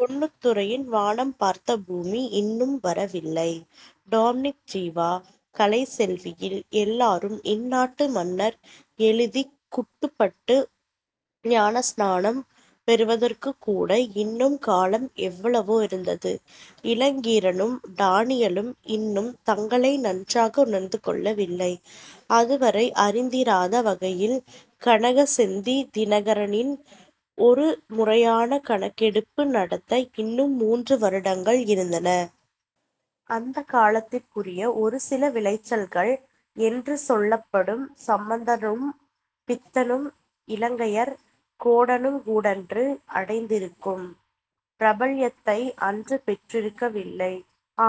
பொன்னுத்துரையின் 'வானம் பார்த்த பூமி' இன்னும் வரவில்லை. டொமினிக் ஜீவா 'கலைச்செல்வி'யில் 'எல்லாரும் இந்நாட்டு மன்னர்' எழுதிக் குட்டுப்பட்டு ஞானஸ்நானம் பெறுவதற்குக்கூட இன்னும் காலம் எவ்வளவோ இருந்தது. இளங்கீரனும் டானியலும் இன்னும் தங்களை நன்றாக உணர்ந்துகொள்ளவில்லை. அதுவரை அறிந்திராத வகையில் கனகசெந்தி 'தினகரனி'ல் ஒரு முறையான கணக்கெடுப்பு நடத்த இன்னும் மூன்று வருடங்கள் இருந்தன. அந்தக் காலத்திற்குரிய ஒரு சில விளைச்சல்கள் என்று சொல்லப்படும் சம்பந்தனும், பித்தனும், இலங்கையர் கோனுங்கூடன்று அடைந்திருக்கும் பிரபல்யத்தை அன்று பெற்றிருக்கவில்லை.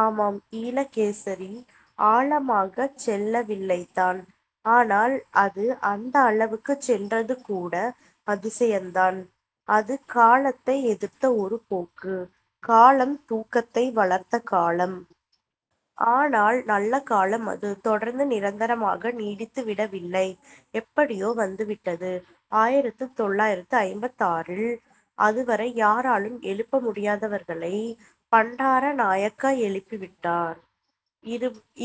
ஆமாம், ஈழகேசரி ஆழமாகச் செல்லவில்லைதான். ஆனால், அது அந்த அளவுக்குச் சென்றது கூட அதிசயந்தான். அது காலத்தை எதிர்த்த ஒரு போக்கு. காலம், தூக்கத்தை வளர்த்த காலம். ஆனால் நல்ல காலம் அது தொடர்ந்து நிரந்தரமாக நீடித்துவிடவில்லை எப்படியோ வந்துவிட்டது. ஆயிரத்து தொள்ளாயிரத்து ஐம்பத்தாறுல் அதுவரை யாராலும் எழுப்ப முடியாதவர்களைப் பண்டாரநாயக்கா எழுப்பிவிட்டார்.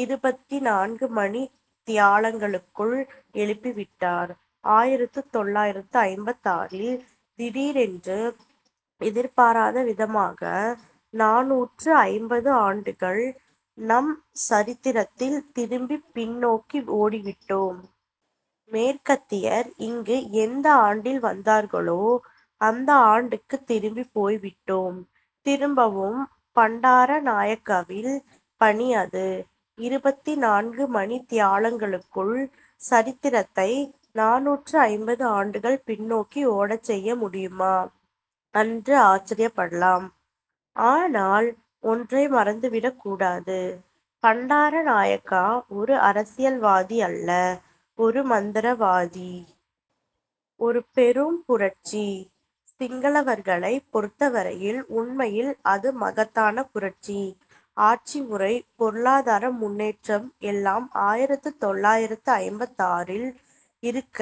இருபத்திநான்கு மணித் தியாலங்களுக்குள் எழுப்பிவிட்டார்! ஆயிரத்துத் தொள்ளாயிரத்து ஐம்பத்தாறில் திடீரென்று எதிர்பாராதவிதமாக நானூற்று ஐம்பது ஆண்டுகள் நம் சரித்திரத்தில் திரும்பி பின்னோக்கி ஓடிவிட்டோம். மேற்கத்தியர் இங்கு எந்த ஆண்டில் வந்தார்களோ அந்த ஆண்டுக்குத் திரும்பிப் போய்விட்டோம். திரும்பவும்! பண்டாரநாயக்காவில் பணி அது. இருபத்திநான்கு மணித் தியாலங்களுக்குள் சரித்திரத்தை நானூற்று ஐம்பது ஆண்டுகள் பின்னோக்கி ஓடச் செய்ய முடியுமா அன்று ஆச்சரியப்படலாம். ஆனால் ஒன்றை மறந்துவிடக் கூடாது. பண்டாரநாயக்கா ஒரு அரசியல்வாதியல்ல, ஒரு மந்திரவாதி. ஒரு பெரும் புரட்சி. சிங்களவர்களைப் பொருத்தவரையில் உண்மையில் அது மகத்தான புரட்சி. ஆட்சிமுறை, பொருளாதார முன்னேற்றம் எல்லாம் ஆயிரத்து தொள்ளாயிரத்து ஐம்பத்தாறுல் இருக்க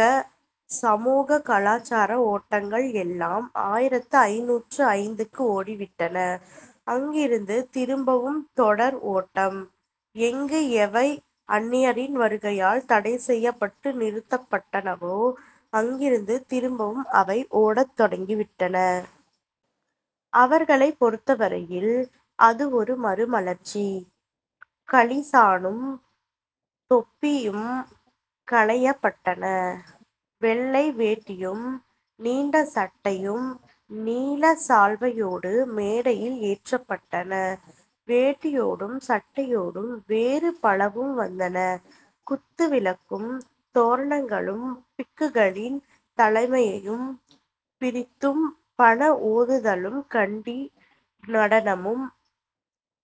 சமூக, கலாச்சாரம் ஓட்டங்கள் எல்லாம் ஆயிரத்து ஐந்நூற்று ஐந்துக்கு ஓடிவிட்டன. அங்கிருந்து திரும்பவும் தொடர் ஓட்டம். எங்கு எவை அந்நியரின் வருகையால் தடைசெய்யப்பட்டு நிறுத்தப்பட்டனவோ அங்கிருந்து திரும்பவும் அவை ஓடத் தொடங்கிவிட்டன. அவர்களைப் பொருத்தவரையில் அது ஒரு மறுமலர்ச்சி. களிசானும் தொப்பியும் களையப்பட்டன. வெள்ளை வேட்டியும், நீண்ட சட்டையும் நீலச் சால்வையோடு மேடையில் ஏற்றப்பட்டன. வேட்டியோடும் சட்டையோடும் வேறு பலவும் வந்தன. குத்து விளக்கும், தோரணங்களும், பிக்குகளின் தலைமையும் பிரித்தும், 'பண' ஓதுதலும், கண்டி நடனமும்,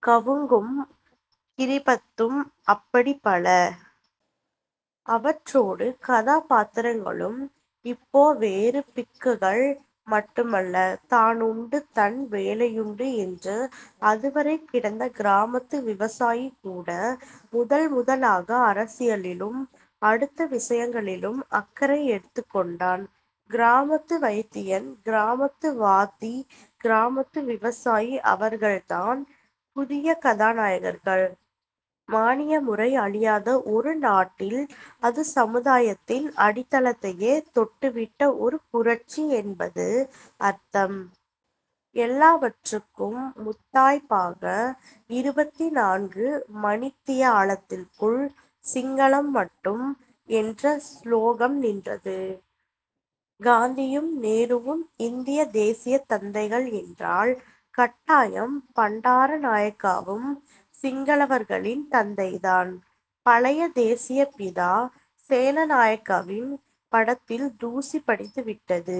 'கவுங்'கும், 'கிரிபத்தும் அப்படிப் பல. அவற்றோடு, கதாபாத்திரங்களும் இப்போ வேறு. பிக்குகள் மட்டுமல்ல; தானுண்டு தன் வேலையுண்டு என்று அதுவரை கிடந்த கிராமத்து விவசாயி கூட முதல் முதலாக அரசியலிலும் அடுத்த விஷயங்களிலும் அக்கறை எடுத்துக்கொண்டான். கிராமத்து வைத்தியன், கிராமத்து வாத்தி, கிராமத்து விவசாயி அவர்கள்தான் புதிய கதாநாயகர்கள். மானிய முறை அழியாத ஒரு நாட்டில் அது சமுதாயத்தின் அடித்தளத்தையே தொட்டுவிட்ட ஒரு புரட்சி என்பது அர்த்தம். எல்லாவற்றுக்கும் முத்தாய்ப்பாக இருபத்தி நான்கு மணித்தியாலத்துக்குள் சிங்களம் மட்டும் என்ற சுலோகம் நின்றன. காந்தியும் நேருவும் இந்தியத் தேசியத் தந்தைகள் என்றால் கட்டாயம் பண்டாரநாயக்காவும் சிங்களவர்களின் தந்தைதான். பழைய தேசியப்பிதா சேனநாயக்காவின் படத்தில் தூசி படிந்துவிட்டது.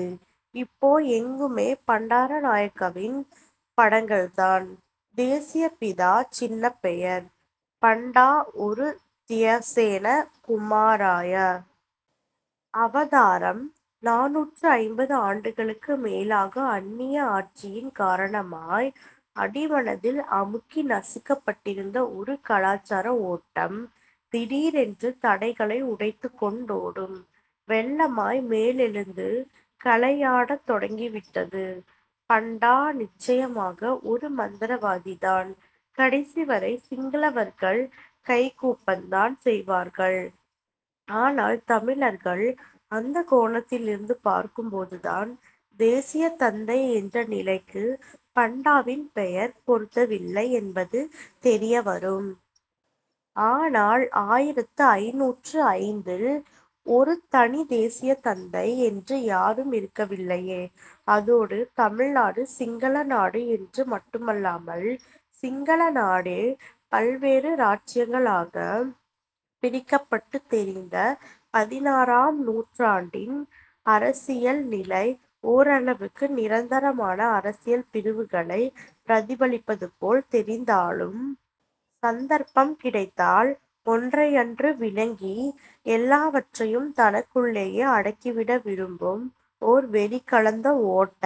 இப்போ எங்குமே பண்டாரநாயக்காவின் படங்கள்தான். தேசியப்பிதா சின்னப்பெயர். பண்டா ஒரு தியசேன குமாரயா! அவதாரம்! நானூற்று ஐம்பது ஆண்டுகளுக்கு மேலாக அந்நிய ஆட்சியின் காரணமாய் அடிமனதில் அமுக்கி நசுக்கப்பட்டிருந்த ஒரு கலாச்சார ஓட்டம் திடீரென்று தடைகளை உடைத்துக்கொண்டோடும் வெள்ளமாய் மேலெழுந்து 'கலை'யாடத் தொடங்கிவிட்டது. பண்டா நிச்சயமாக ஒரு மந்திரவாதிதான். கடைசிவரை, சிங்களவர்கள் கை கூப்பத்தான் செய்வார்கள். ஆனால் தமிழர்கள்? அந்தக் கோணத்திலிருந்து பார்க்கும்போதுதான் தேசியத் தந்தை என்ற நிலைக்குப் பண்டாவின் பெயர் பொருத்தவில்லை என்பது தெரியவரும். ஆனால் ஆயிரத்து ஐந்நூற்று ஐந்துல் ஒரு தனித் தேசியத் தந்தை என்று யாரும் இருக்கவில்லையே! அதோடு தமிழ்நாடு சிங்களநாடு என்று மட்டுமல்லாமல் சிங்கள நாடே பல்வேறு இராச்சியங்களாகப் பிரிக்கப்பட்டுத் தெரிந்த பதினாறாம் ஆம் நூற்றாண்டின் அரசியல் நிலை ஓரளவுக்கு நிரந்தரமான அரசியல் பிரிவுகளைப் பிரதிபலிப்பதுபோல் தெரிந்தாலும் சந்தர்ப்பம் கிடைத்தால் ஒன்றையன்று விழுங்கி எல்லாவற்றையும் தனக்குள்ளேயே அடக்கிவிட விரும்பும் ஓர் வெறி கலந்த ஓட்ட